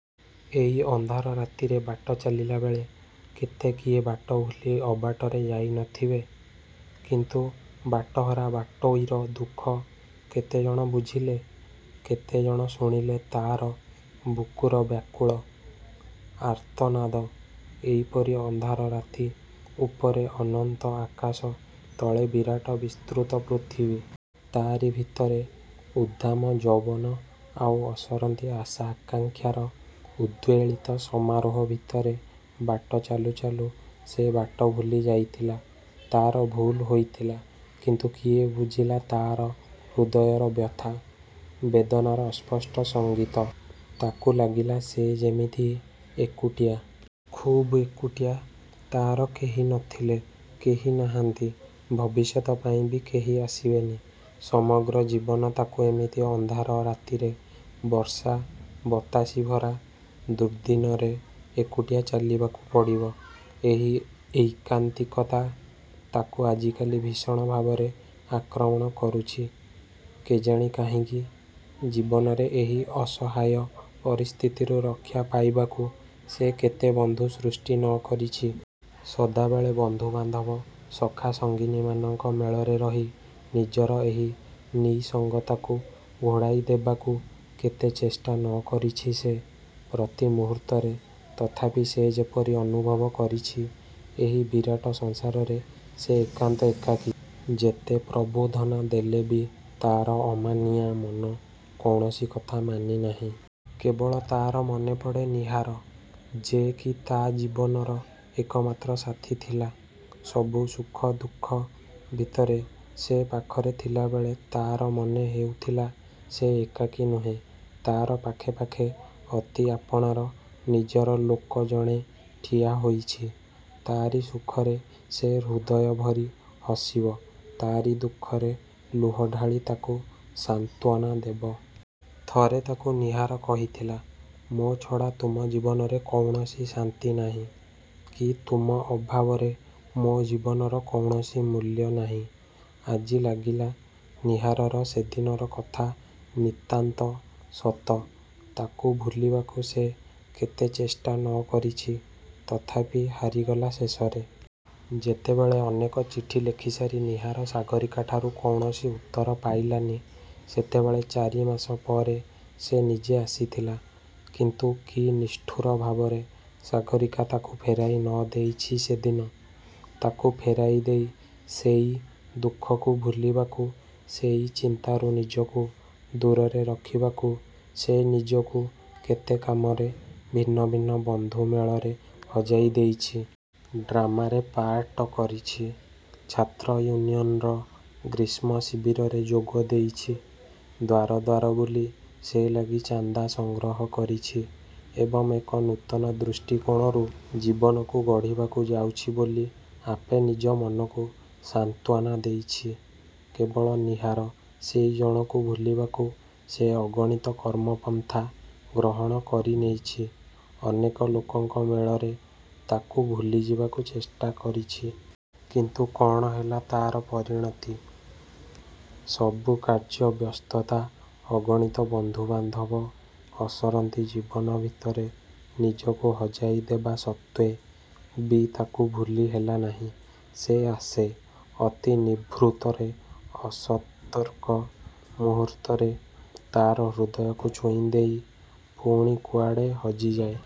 ଏଇ ଅନ୍ଧାର ରାତିରେ ବାଟ ଚାଲିଲା ବେଳେ କେତେ କିଏ ବାଟ ଭୁଲି ଅବାଟରେ ଯାଇନଥିବେ। କିନ୍ତୁ ବାଟହରା ବାଟୋଇର ଦୁଃଖ କେତେଜଣ ବୁଝିଲେ? କେତେଜଣ ଶୁଣିଲେ ତା'ର ବୁକୁର ବ୍ୟାକୁଳ। ଆର୍ତ୍ତନାଦ। ଏଇପରି ଅନ୍ଧାର ରାତି; ଉପରେ ଅନନ୍ତ ଆକାଶ ତଳେ ବିରାଟ ବିସ୍ତୃତ ପୃଥିବୀ। ତାରି ଭିତରେ ଉଦ୍ଦାମ ଯୌବନ ଆଉ ଅସରନ୍ତି ଆଶା ଆକାଂକ୍ଷାର ଉଦ୍ବେଳିତ ସମାରୋହ ଭିତରେ ବାଟ ଚାଲୁ ଚାଲୁ ସେ ବାଟ ଭୁଲି ଯାଇଥିଲା। ତା'ର ଭୁଲ୍ ହୋଇଥିଲା। କିନ୍ତୁ କିଏ ବୁଝିଲା ତା'ର ହୃଦୟର ବ୍ୟଥା-ବେଦନାର ଅସ୍ପଷ୍ଟ ସଙ୍ଗୀତ। ତାକୁ ଲାଗିଲା ସେ ଯେମିତି ଏକୁଟିଆ। ଖୁବ୍ ଏକୁଟିଆ। ତା'ର କେହି ନଥିଲେ-କେହି ନାହାନ୍ତି; ଭବିଷ୍ୟତ ପାଇଁ ବି କେହି ଆସିବେନି। ସମଗ୍ର ଜୀବନ ତାକୁ ଏମିତି ଅନ୍ଧାର ରାତିରେ, ବର୍ଷା-ବତାସିଭରା ଦୁର୍ଦ୍ଦିନରେ ଏକୁଟିଆ ଚାଲିବାକୁ ପଡ଼ିବ। ଏହି ଐକାନ୍ତିକତା ତାକୁ ଆଜିକାଲି ଭୀଷଣ ଭାବରେ ଆକ୍ରମଣ କରୁଛି; କେଜାଣି କାହିଁକି? ଜୀବନରେ ଏହି ଅସହାୟ-ପରିସ୍ଥିତିରୁ ରକ୍ଷା ପାଇବାକୁ ସେ କେତେ ବନ୍ଧୁ ସୃଷ୍ଟି ନ କରିଛି। ସଦାବେଳେ ବନ୍ଧୁବାନ୍ଧବ ସଖା ସଙ୍ଗିନୀମାନଙ୍କ ମେଳରେ ରହି ନିଜର ଏହି ନିଃସଙ୍ଗତାକୁ ଘୋଡ଼ାଇ ଦେବାକୁ କେତେ ଚେଷ୍ଟା ନ କରିଛି ସେ? ପ୍ରତି ମୁହୂର୍ତ୍ତରେ ତଥାପି ସେ ଯେପରି ଅନୁଭବ କରିଛି ଏହି ବିରାଟ ସଂସାରରେ ସେ ଏକାନ୍ତ ଏକାକୀ। ଯେତେ ପ୍ରବୋଧନା ଦେଲେ ବି ତା'ର ଅମାନିଆଁ ମନ କୌଣସି କଥା ମାନି ନାହିଁ। କେବଳ ତା'ର ମନେପଡ଼େ ନୀହାର। ଯେ କି ତା' ଜୀବନର ଏକମାତ୍ର ସାଥୀ ଥିଲା। ସବୁ ସୁଖ ଦୁଃଖ ଭିତରେ ସେ ପାଖରେ ଥିଲାବେଳେ ତା'ର ମନେ ହେଉଥିଲା ସେ ଏକାକୀ ନୁହେଁ; ତା'ର ପାଖେପାଖେ ଅତି ଆପଣାର, ନିଜର ଲୋକ ଜଣେ ଠିଆହୋଇଛି। ତାରି ସୁଖରେ ସେ ହୃଦୟଭରି ହସିବ; ତାରି ଦୁଃଖରେ ଲୁହ ଢାଳି ତାକୁ ସାନ୍ତ୍ୱନା ଦେବ। ଥରେ ତାକୁ ନୀହାର କହିଥିଲା-''ମୋ ଛଡ଼ା ତୁମ ଜୀବନରେ କୌଣସି ଶାନ୍ତି ନାହିଁ-କି ତୁମ ଅଭାବରେ ମୋ ଜୀବନର କୌଣସି ମୂଲ୍ୟ ନାହିଁ। '' ଆଜି ଲାଗିଲା ନୀହାରର ସେଦିନର କଥା ନିତାନ୍ତ ସତ। ତାକୁ ଭୁଲିବାକୁ ସେ କେତେ ଚେଷ୍ଟା ନ କରିଛି। ତଥାପି ହାରିଗଲା ଶେଷରେ। ଯେତେବେଳେ ଅନେକ ଚିଠି ଲେଖିସାରି ନୀହାର ସାଗରୀକାଠାରୁ କୌଣସି ଉତ୍ତର ପାଇଲାନି; ସେତେବଳେ ଚାରି ମାସ ପରେ ସେ ନିଜେ ଆସିଥିଲା। କିନ୍ତୁ କି ନିଷ୍ଠୁର ଭାବରେ ସାଗରୀକା ତାକୁ ଫେରାଇ ନ ଦେଇଛି ସେଦିନ। ତାକୁ ଫେରାଇ ଦେଇ, ସେଇ ଦୁଃଖକୁ ଭୁଲିବାକୁ-ସେଇ ଚିନ୍ତାରୁ ନିଜକୁ ଦୂରରେ ରଖିବାକୁ ସେ ନିଜକୁ କେତେ କାମରେ, ଭିନ୍ନ ଭିନ୍ନ ବନ୍ଧୁ ମେଳରେ ହଜାଇ ଦେଇଛି। ଡ୍ରାମାରେ ପାର୍ଟ କରିଛି; ଛାତ୍ର-ୟୁନିଅନ୍ର ଗ୍ରୀଷ୍ମ-ଶିବିରରେ ଯୋଗ ଦେଇଛି-ଦ୍ୱାର ଦ୍ୱାର ବୁଲି ସେ ଲାଗି ଚାନ୍ଦା ସଂଗ୍ରହ କରିଛି; ଏବଂ ଏକ ନୂତନ ଦୃଷ୍ଟିକୋଣରୁ ଜୀବନକୁ ଗଢ଼ିବାକୁ ଯାଉଛି ବୋଲି ଆପେ ନିଜ ମନକୁ ସାନ୍ତ୍ୱନା ଦେଇଛି। କେବଳ ନୀହାର-ସେଇ ଜଣକୁ ଭୁଲିବାକୁ ସେ ଅଗଣିତ କର୍ମପନ୍ଥା ଗ୍ରହଣ କରିନେଇଛି-ଅନେକ ଲୋକଙ୍କ ମେଳରେ ତାକୁ ଭୁଲିଯିବାକୁ ଚେଷ୍ଟା କରିଛି। କିନ୍ତୁ କ'ଣ ହେଲା ତା'ର ପରିଣତି? ସବୁ କାର୍ଯ୍ୟ ବ୍ୟସ୍ତତା, ଅଗଣିତ ବନ୍ଧୁବାନ୍ଧବ, ଅସରନ୍ତି ଜୀବନ ଭିତରେ ନିଜକୁ ହଜାଇ ଦେବା ସତ୍ତ୍ୱେ ବି ତାକୁ ଭୁଲି ହେଲାନାହିଁ। ସେ ଆସେ। ଅତି ନିଭୃତରେ, ଅସତର୍କ ମୁହୂର୍ତ୍ତରେ ତା'ର ହୃଦୟକୁ ଛୁଇଁଦେଇ ପୁଣି କୁଆଡ଼େ ହଜିଯାଏ।